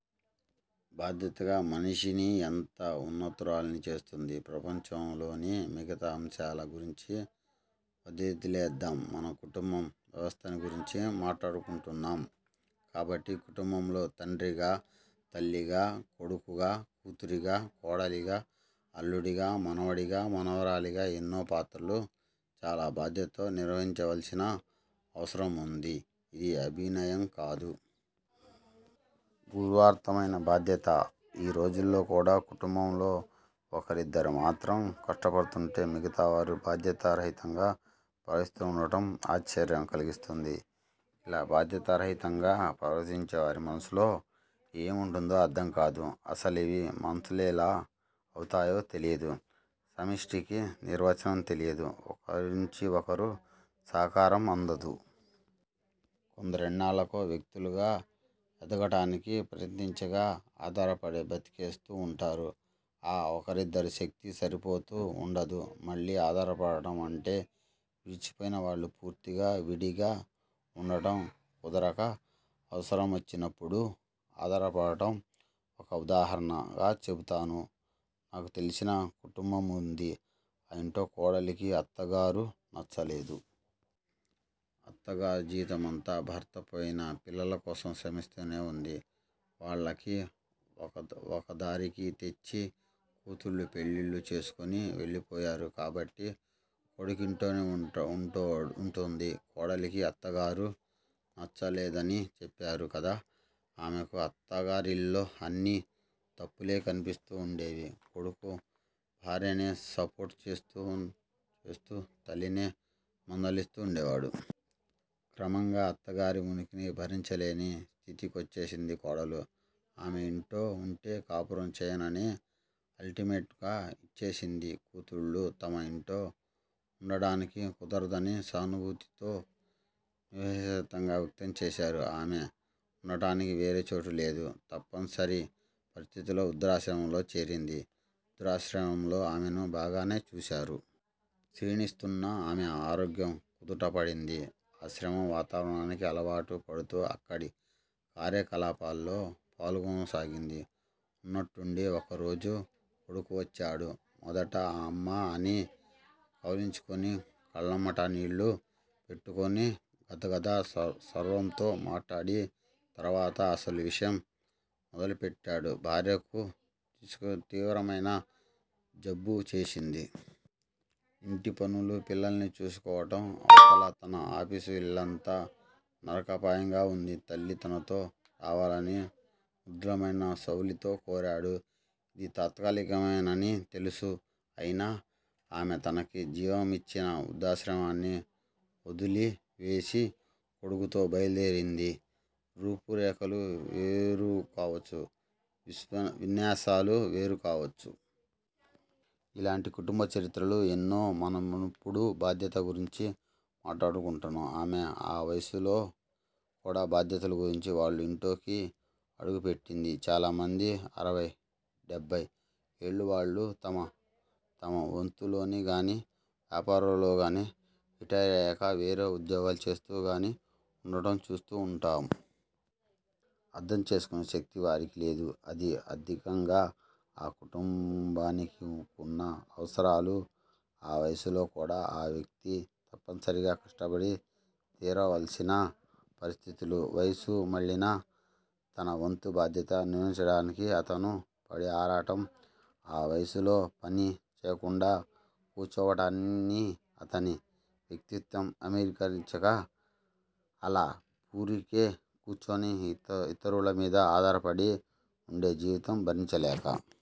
బాధ్యత మనిషిని ఎంత వున్నతిరాలిగా చేస్తుంది! ప్రపంచంలోని మిగతా అంశాల గురించి వదిలేద్దాం. మనం కుటుంబ వ్యవస్థని గురించి మాట్లాడుకుంటున్నాం కాబట్టి. కుటుంబంలో తండ్రిగా, తల్లిగా, కొడుకుగా, కూతురిగా, కోడలిగా, అల్లుడిగా, మనవడిగా, మనవరాలిగా, ఎన్నో పాత్రలు చాలా బాధ్యతతో నిర్వహించవలసిన అవసరముంది. ఇది అభినయం కాదు. గురుతరమైన బాధ్యత. ఈ రోజుల్లో కూడ కుటుంబంలో ఒకరిద్దరు మాత్రం కష్టపడుతూంటే మిగతావారు బాధ్యతా రహితంగా ప్రవర్తిస్తూ వుండటం ఆశ్చర్యం కలిగిస్తుంది. ఇలా బాధ్యతా రహితంగా ప్రవర్తించే వారి మనస్సులో ఏముంటుందో అర్ధం కాదు. అసలవి మనసులెలా అవుతాయో తెలియదు. 'సమిష్టి'కి నిర్వచనం తెలియదు. ఒకర్నుంచి ఒకరు సహకారం అందదు. కొందరెన్నాళ్ళకూ వ్యక్తులుగా ఎదగటానికి ప్రయత్నించగా ఆధారపడే బ్రతికేస్తూ వుంటారు. ఆ ఒకరిద్దరి శక్తి సరిపోతూ వుండదు. మళ్ళీ ఆధారపడడం. అంటే విడిచిపోయిన వాళ్ళు పూర్తిగా విడిగా వుండటం కుదరక అవసరమొచ్చినప్పుడు ఆధారపడటం. ఒక ఉదాహరణ చెబుతాను. నాకు తెలిసిన కుటుంబముంది. ఆ యింట్లో కోడలికి అత్తగారు నచ్చలేదు. అత్తగారు జీవితమంతా భర్తపోయినా పిల్లలకోసం శ్రమిస్తూనే వుంది. వాళ్ళకి ఒకదారికి తెచ్చి. కూతుళ్ళు పెళ్ళిళ్ళు చేసుకుని వెళ్ళిపోయారు. కాబట్టి కొడుకింట్లోనే వుంటోంది. కోడలికి అత్తగారు నచ్చలేదని చెప్పారు కదా. ఆమెకు అత్తగారిలో అన్నీ తప్పులే కనిపిస్తూ వుండేవి. కొడుకు భార్యనే సపోర్ట్ చేస్తూ వస్తూ తల్లినే మందలిస్తూ వుండేవాడు. క్రమంగా అత్తగారి ఉనికినే భరించలేని స్థితికొచ్చేసింది కోడలు. ఆమె యింట్లో వుంటే కాపురం చెయ్యనని అల్టిమేట్ గా యిచ్చేసింది. కూతుళ్ళు తమ యింట్లో వుండటానికి కుదరదని సానుభూతితో నిస్సహాయత వ్యక్తం చేశారు. ఆమె వుండటానికి వేరే చోటులేదు. తప్పనిసరి పరిస్థితుల్లో వృద్దాశ్రమంలో చేరింది. వృద్దాశ్రమంలో ఆమెను బాగానే చూశారు. క్షీణిస్తోన్న ఆమె ఆరోగ్యం కుదుటపడింది. ఆశ్రమ వాతావరణానికి అలవాటు పడుతూ అక్కడి కార్యకలాపాల్లో పాల్గొనసాగింది. ఉన్నట్లుండి ఒక రోజు కొడుకు వచ్చాడు. మొదట 'అమ్మా'అని కావలించుకుని, కళ్ళమ్మట నీళ్ళు పెట్టుకుని, గద్గద స్వరంతో మాట్లాడి తర్వాత అసలు విషయం మొదలుపెట్టాడు. భార్యకు తీవ్రమైన జబ్బు చేసింది. ఇంటి పనులూ, పిల్లల్ని చూసుకోవటం, అవతల తన ఆఫీసు ఇల్లంతా నరకప్రాయంగా వుంది. తల్లి తనతో రావాలని మృదువైన శైలిలో కోరాడు. ఇది తాత్కాలికమనని తెలుసు. అయినా ఆమె తనకి జీవమిచ్చిన వృద్దాశ్రమాన్ని వొదిలి వేసి కొడుకుతో బయల్దేరింది. రూపు రేఖలు వేరుకావచ్చు. విన్యాసాలు వేరుకావచ్చు. ఇలాంటి కుటుంబ చరిత్రలు ఎన్నో. మనమిప్పుడు బాధ్యతల గురించి మాట్లాడుకుంటున్నాం ఆమె ఆ వయసులో కూడ బాధ్యత గుర్తించి వాళ్ళ ఇంట్లోకి అడుగుపెట్టింది. చాలామంది అరవై, డెబ్బై ఏళ్ల వాళ్ళు తమ తమ వృత్తుల్లో గాని, వ్యాపారాల్లో గాని, రిటైరయాక వేరే ఉద్యోగాలు చేస్తూ గాని వుండటం చూస్తూ వుంటాం. అర్ధం చేసుకునే శక్తి వారికి లేదు. అది ఆర్ధికంగా ఆ కుటుంబానికున్న అవసరాలు ఆ వయసులో కూడా ఆ వ్యక్తి తప్పనిసరిగా కష్టపడి తీరవలసిన పరిస్థితులు. వయసు మళ్ళినా తన వంతు బాధ్యత నిర్వర్తించటానికి అతను పడే ఆరాటం. ఆ వయసులో పని చెయ్యకుండా కూచోవటానికి అతని వ్యక్తిత్వం అమ్గీకరించక, అలా వూరికే కూర్చుని యితరుల మీద ఆధారపడి వుండే జీవితం భరించలేక.